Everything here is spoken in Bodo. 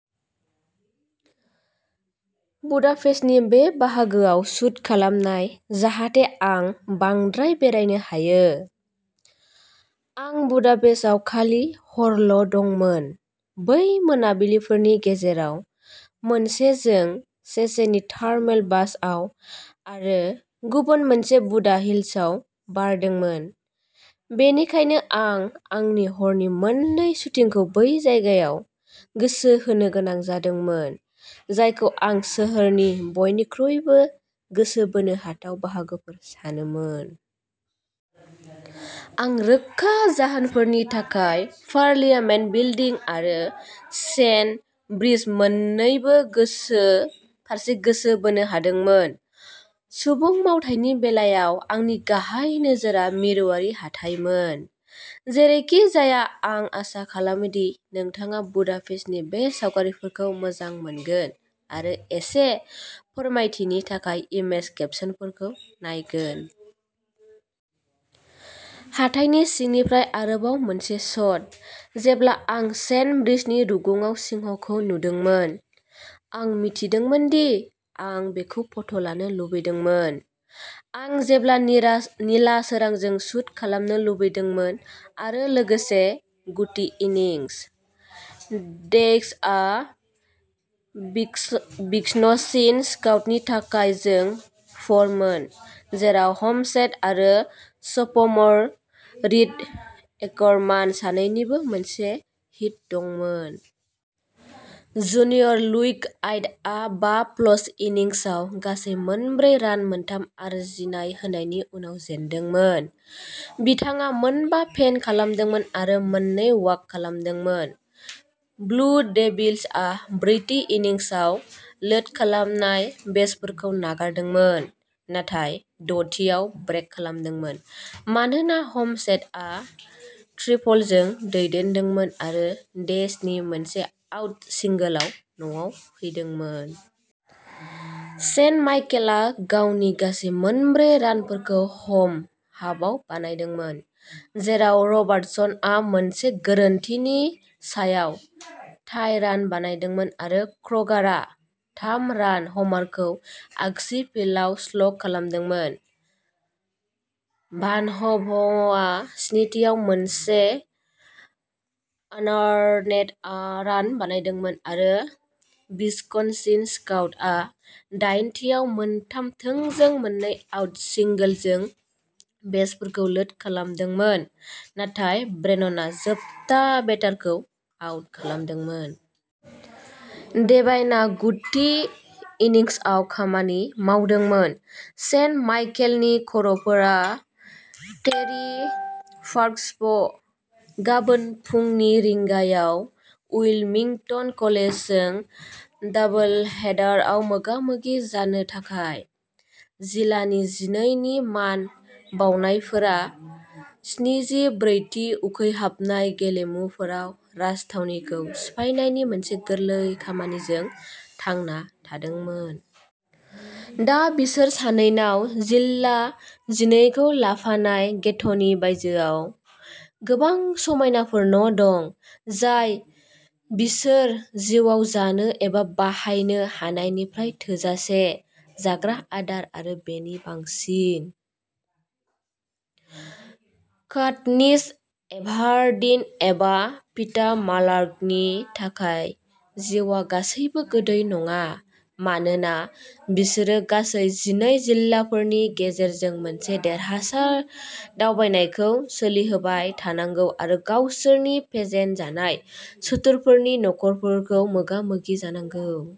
बुदापेस्टनि बे बाहागोआव शूट खालाम, जाहाथे आं बांद्राय बेरायनो हायो। आं बुदापेस्टआव खालि हरल'दंमोन। बै मोनाबिलिफोरनि गेजेराव मोनसे जों सेचेनी थार्मेल बाथ्सआव आरो गुबुन मोनसे बुदा हिल्सआव बारदोंमोन। बेनिखायनो, आं आंनि हरनि मोननै शुटिंखौ बै जायगायाव गोसो होनो गोनां जादोंमोन, जायखौ आं सोहोरनि बयनिख्रुइबो गोसो बोनो हाथाव बाहागोफोर सानोमोन। आं रोखा जाहोनफोरनि थाखाय, पार्लियामेन्ट बिल्डिं आरो चेन ब्रिज मोन्नैनिबो फारसे गोसो बोनो हादोंमोन। सुबुं मावथायनि बेलायाव, आंनि गाहाय नोजोरआ मिरुआरि हाथाइमोन। जेरैखिजाया, आं आसा खालामो दि नोंथाङा बुदापेस्टनि बे सावगारिफोरखौ मोजां मोनगोन आरो एसे फोरमायथिनि थाखाय इमेज केपशनफोरखौबो नायगोन। हाथाइनि सिंनिफ्राय आरोबाव मोनसे शट। जेब्ला आं चेन ब्रिजनि रुगुङाव सिंहखौ नुदोंमोन, आं मिथिदोंमोन दि आं बेखौ फट'लानो लुबैदों। आं बेखौ निला सोरांजों शूट खालामनो लुबैदोंमोन, आरो लोगोसे। - गुथि इनिंस। डेइसआ विस्कन्सिन-स्टाउटनि थाखाय जों -फर- मोन, जेराव हेमसेथ आरो स'फ'मर रीड एकरमान सानैनिबो मोननै हिट दंमोन। जुनियर ल्यूक आइडआ बा-प्लस इन्निंसआव गासै मोनब्रै रान-मोनथाम आरजिनाय-होनायनि उनाव जेनदोंमोन। बिथाङा मोनबा फेन खालामदोंमोन आरो मोननै वाक खालामदोंमोन। ब्लु डेविल्सआ ब्रैथि इन्निंसआव लोड खालामनाय बेसफोरखौ नागारदोंमोन नाथाय द'थिआव ब्रेक खालामदोंमोन, मानोना हेमसेथआ ट्रिपलजों दैदेनदोंमोन आरो डेइसनि मोनसे-आउट सिंगोलआव न'आव फैदोंमोन। सेन्ट माइकेलआ गावनि गासै मोनब्रै रानफोरखौ ह'म हाफआव बानायदोंमोन, जेराव रबार्टसनआ मोनसे गोरोन्थिनि सायाव टाइ रान बानायदोंमोन आरो क्र'गारआ थाम-रान ह'मारखौ आगसि फिल्दआव स्लग खालामदोंमोन। भानह'भआ स्निथिआव मोनसे आनआर्नेड रान बानायदोंमोन, आरो विस्कन्सिन-स्टाउटआ दाइनथिआव मोनथाम थोंजों मोननै-आउट सिंगोलजों बेसफोरखौ लोड खालामदोंमोन, नाथाय ब्रेननआ जोबथा बेटारखौ आउट खालामदोंमोन। डेभाइनआ गुथि इन्निंसआव - खामानि मावदोंमोन। सेन्ट माइकेलनि खर'फोरा टेरि पार्क स्प' गाबोन फुंनि रिंगायाव उइलमिंटन कलेजजों डाबोलहेडारआव मोगा-मोगि जानो थाखाय। जिल्ला जिनै नि मान बाउनायफोरा स्निजि ब्रैथि उखैहाबनाय गेलेमुफोराव राजथावनिखौ सिफायनायनि मोनसे गोरलै खामानिजों थांना थादोंमोन। दा, बिसोर सानैनाव जिल्ला जिनैखौ लाफानाय गेट्ट'नि बायजोआव गोबां समायना न'फोर दं, जाय बिसोर जिउआव जानो एबा बाहायनो हानायनिफ्राय थोजासे जाग्रा आदार आरो रांनि बांसिन। काटनिस एभारडिन एबा पीटा मेलार्कनि थाखाय जिउआ गासैबो गोदै नङा, मानोना बिसोरो गासै जिनै जिल्लाफोरनि गेजेरजों मोनसे देरहासार दावबायनायखौ सोलिहोबाय थानांगौ आरो गावसोरनि फेजेनजानाय सुथुरफोरनि नखरफोरखौ मोगा-मोगि जानांगौ।